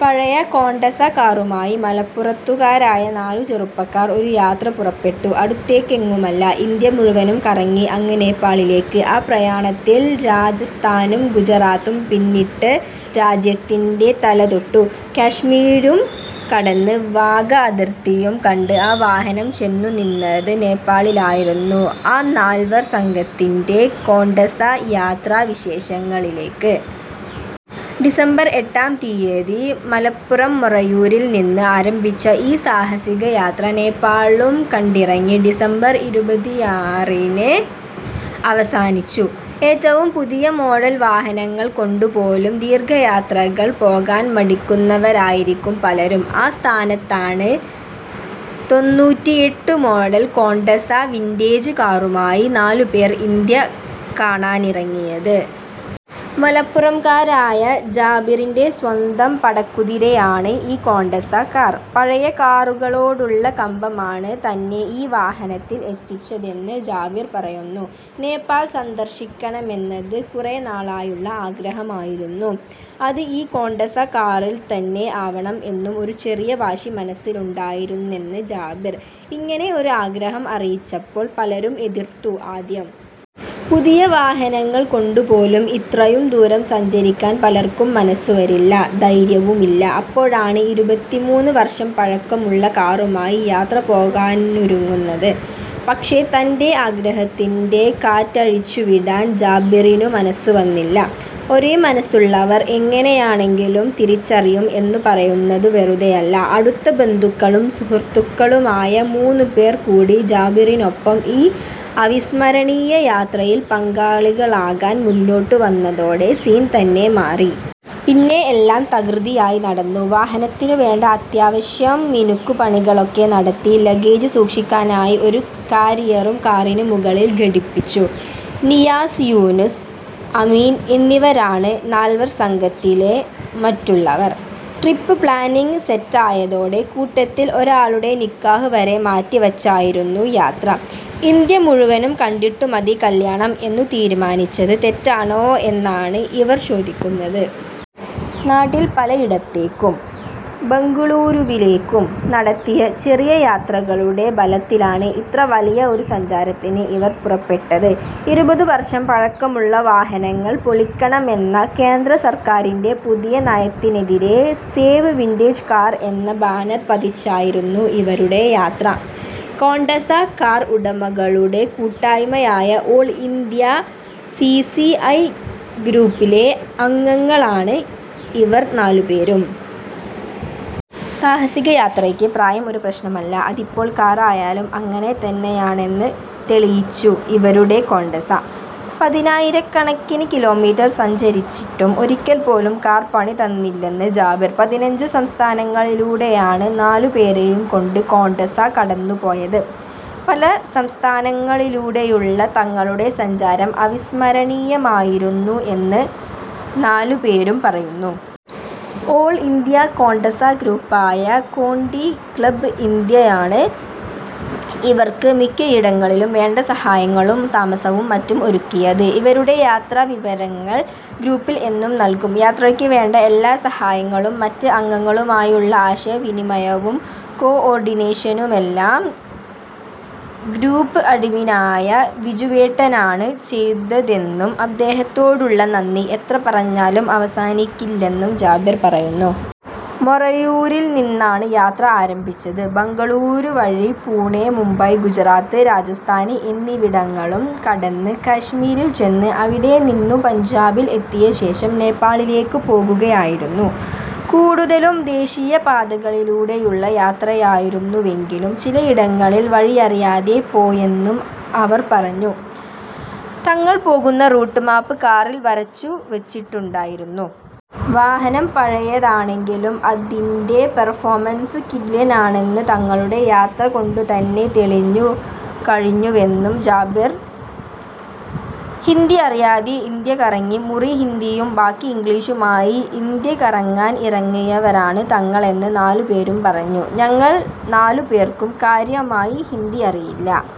പഴയ കോണ്ടസ കാറുമായി മലപ്പുറത്തുകാരായ നാലു ചെറുപ്പക്കാർ ഒരു യാത്ര പുറപ്പെട്ടു. അടുത്തേക്കെങ്ങുമല്ല, ഇന്ത്യ മുഴുവനും കറങ്ങി അങ്ങ് നേപ്പാളിലേക്ക്. ആ പ്രയാണത്തിൽ രാജസ്ഥാനും ഗുജറാത്തും പിന്നിട്ട് രാജ്യത്തിന്‍റെ തലതൊട്ടു. കശ്മീരും കടന്ന് വാഗ അതിർത്തിയും കണ്ട് ആ വാഹനം ചെന്നുനിന്നത് നേപ്പാളിലായിരുന്നു. ആ നാൽവർ സംഘത്തിന്‍റെ കോണ്ടസാ യാത്രാവിശേഷങ്ങളിലേക്ക്. ഡിസംബർ എട്ടാം തീയതി മലപ്പുറം മൊറയൂരിൽനിന്ന് ആരംഭിച്ച ഈ സാഹസിക യാത്ര നേപ്പാളും കണ്ടിറങ്ങി ഡിസംബർ ഇരുപതിയാറിന് അവസാനിച്ചു. ഏറ്റവും പുതിയ മോഡൽ വാഹനങ്ങൾ കൊണ്ടുപോലും ദീർഘയാത്രകൾ പോകാൻ മടിക്കുന്നവരായിരിക്കും പലരും. ആ സ്ഥാനത്താണ് തൊന്നൂറ്റിഎട്ടു മോഡൽ കോണ്ടസ വിന്റേജ് കാറുമായി നാലുപേർ ഇന്ത്യ കാണാനിറങ്ങിയത്. മലപ്പുറംകാരനായ ജാബിറിന്റെ സ്വന്തം പടക്കുതിരയാണ് ഈ കോണ്ടസ കാർ. പഴയ കാറുകളോടുള്ള കമ്പമാണ് തന്നെ ഈ വാഹനത്തിൽ എത്തിച്ചതെന്ന് ജാബിർ പറയുന്നു. നേപ്പാൾ സന്ദർശിക്കണമെന്നത് കുറേനാളായുള്ള ആഗ്രഹമായിരുന്നു. അത് ഈ കോണ്ടസ കാറിൽത്തന്നെ ആവണം എന്നും ഒരു ചെറിയ വാശി മനസ്സിലുണ്ടായിരുന്നെന്ന് ജാബിർ. ഇങ്ങനെ ഒരു ആഗ്രഹം അറിയിച്ചപ്പോൾ പലരും എതിർത്തു ആദ്യം. പുതിയ വാഹനങ്ങൾ കൊണ്ടുപോലും ഇത്രയും ദൂരം സഞ്ചരിക്കാൻ പലർക്കും മനസ്സു വരില്ല, ധൈര്യവുമില്ല. അപ്പോഴാണ് ഇരുപത്തിമൂന്ന് വർഷം പഴക്കമുള്ള കാറുമായി യാത്ര പോകാനൊരുങ്ങുന്നത്. പക്ഷേ തന്‍റെ ആഗ്രഹത്തിന്‍റെ കാറ്റഴിച്ചുവിടാൻ ജാബിറിനു മനസ്സ് വന്നില്ല. ഒരേ മനസ്സുള്ളവർ എങ്ങനെയാണെങ്കിലും തിരിച്ചറിയും എന്നു പറയുന്നത് വെറുതെയല്ല. അടുത്ത ബന്ധുക്കളും സുഹൃത്തുക്കളുമായ മൂന്നു പേർ കൂടി ജാബിറിനൊപ്പം ഈ അവിസ്മരണീയ യാത്രയിൽ പങ്കാളികളാകാൻ മുന്നോട്ടു വന്നതോടെ സീൻ തന്നെ മാറി. പിന്നെ എല്ലാം തകൃതിയായി നടന്നു. വാഹനത്തിനു വേണ്ട അത്യാവശ്യം മിനുക്കുപണികളൊക്കെ നടത്തി. ലഗേജ് സൂക്ഷിക്കാനായി ഒരു കാരിയറും കാറിന് മുകളിൽ ഘടിപ്പിച്ചു. നിയാസ്, യൂനുസ്, അമീൻ എന്നിവരാണ് നാൽവർ സംഘത്തിലെ മറ്റുള്ളവർ. ട്രിപ്പ് പ്ലാനിങ് സെറ്റായതോടെ കൂട്ടത്തിൽ ഒരാളുടെ നിക്കാഹ് വരെ മാറ്റി വച്ചായിരുന്നു യാത്ര. ഇന്ത്യ മുഴുവനും കണ്ടിട്ടു മതി കല്യാണം എന്ന് തീരുമാനിച്ചത് തെറ്റാണോ എന്നാണ് ഇവർ ചോദിക്കുന്നത്. നാട്ടിൽ പലയിടത്തേക്കും ബെംഗളൂരുവിലേക്കും നടത്തിയ ചെറിയ യാത്രകളുടെ ബലത്തിലാണ് ഇത്ര വലിയ ഒരു സഞ്ചാരത്തിന് ഇവർ പുറപ്പെട്ടത്. ഇരുപത് വർഷം പഴക്കമുള്ള വാഹനങ്ങൾ പൊളിക്കണമെന്ന കേന്ദ്ര സർക്കാരിന്റെ പുതിയ നയത്തിനെതിരെ സേവ് വിന്റേജ് കാർ എന്ന ബാനർ പതിച്ചായിരുന്നു ഇവരുടെ യാത്ര. കോണ്ടസ കാർ ഉടമകളുടെ കൂട്ടായ്മയായ all India C C I ഗ്രൂപ്പിലെ അംഗങ്ങളാണ് ഇവർ നാലുപേരും. സാഹസിക യാത്രയ്ക്ക് പ്രായം ഒരു പ്രശ്നമല്ല. അതിപ്പോൾ കാറായാലും അങ്ങനെ തന്നെയാണെന്ന് തെളിയിച്ചു ഇവരുടെ കോണ്ടസ. പതിനായിരക്കണക്കിന് കിലോമീറ്റർ സഞ്ചരിച്ചിട്ടും ഒരിക്കൽ പോലും കാർ പണി തന്നില്ലെന്ന് ജാബിർ. പതിനഞ്ചു സംസ്ഥാനങ്ങളിലൂടെയാണ് നാലുപേരെയും കൊണ്ട് കോണ്ടസ കടന്നു പോയത്. പല സംസ്ഥാനങ്ങളിലൂടെയുള്ള തങ്ങളുടെ സഞ്ചാരം അവിസ്മരണീയമായിരുന്നു എന്ന് നാലുപേരും പറയുന്നു. ഓൾ ഇന്ത്യ കോണ്ടസ ഗ്രൂപ്പായ കോണ്ടി ക്ലബ് ഇന്ത്യയാണ് ഇവർക്ക് മിക്കയിടങ്ങളിലും വേണ്ട സഹായങ്ങളും താമസവും മറ്റും ഒരുക്കിയത്. ഇവരുടെ യാത്രാവിവരങ്ങൾ ഗ്രൂപ്പിൽ എന്നും നൽകും. യാത്രയ്ക്ക് വേണ്ട എല്ലാ സഹായങ്ങളും മറ്റ് അംഗങ്ങളുമായുള്ള ആശയവിനിമയവും കോഓർഡിനേഷനുമെല്ലാം ഗ്രൂപ്പ് അഡ്മിനായ വിജുവേട്ടനാണ് ചെയ്തതെന്നും അദ്ദേഹത്തോടുള്ള നന്ദി എത്ര പറഞ്ഞാലും അവസാനിക്കില്ലെന്നും ജാബിർ പറയുന്നു. മൊറയൂരിൽ നിന്നാണ് യാത്ര ആരംഭിച്ചത്. ബെംഗളൂരു വഴി പുണെ, മുംബൈ, ഗുജറാത്ത്, രാജസ്ഥാൻ എന്നിവിടങ്ങളും കടന്ന് കശ്മീരിൽ ചെന്ന് അവിടെനിന്നു പഞ്ചാബിൽ എത്തിയ ശേഷം നേപ്പാളിലേക്കു പോകുകയായിരുന്നു. കൂടുതലും ദേശീയ പാതകളിലൂടെയുള്ള യാത്രയായിരുന്നുവെങ്കിലും ചിലയിടങ്ങളിൽ വഴിയറിയാതെ പോയെന്നും അവർ പറഞ്ഞു. തങ്ങൾ പോകുന്ന റൂട്ട് മാപ്പ് കാറിൽ വരച്ചു വച്ചിട്ടുണ്ടായിരുന്നു. വാഹനം പഴയതാണെങ്കിലും അതിന്റെ പെർഫോമൻസ് കിടിലനാണെന്ന് തങ്ങളുടെ യാത്ര കൊണ്ടുതന്നെ തെളിഞ്ഞു കഴിഞ്ഞുവെന്നും ജാബിർ. ഹിന്ദി അറിയാതെ ഇന്ത്യ കറങ്ങി മുറി ഹിന്ദിയും ബാക്കി ഇംഗ്ലിഷുമായി ഇന്ത്യ കറങ്ങാൻ ഇറങ്ങിയവരാണ് തങ്ങളെന്ന് നാലുപേരും പറഞ്ഞു. '' ഞങ്ങൾ നാലു പേർക്കും കാര്യമായി ഹിന്ദി അറിയില്ല.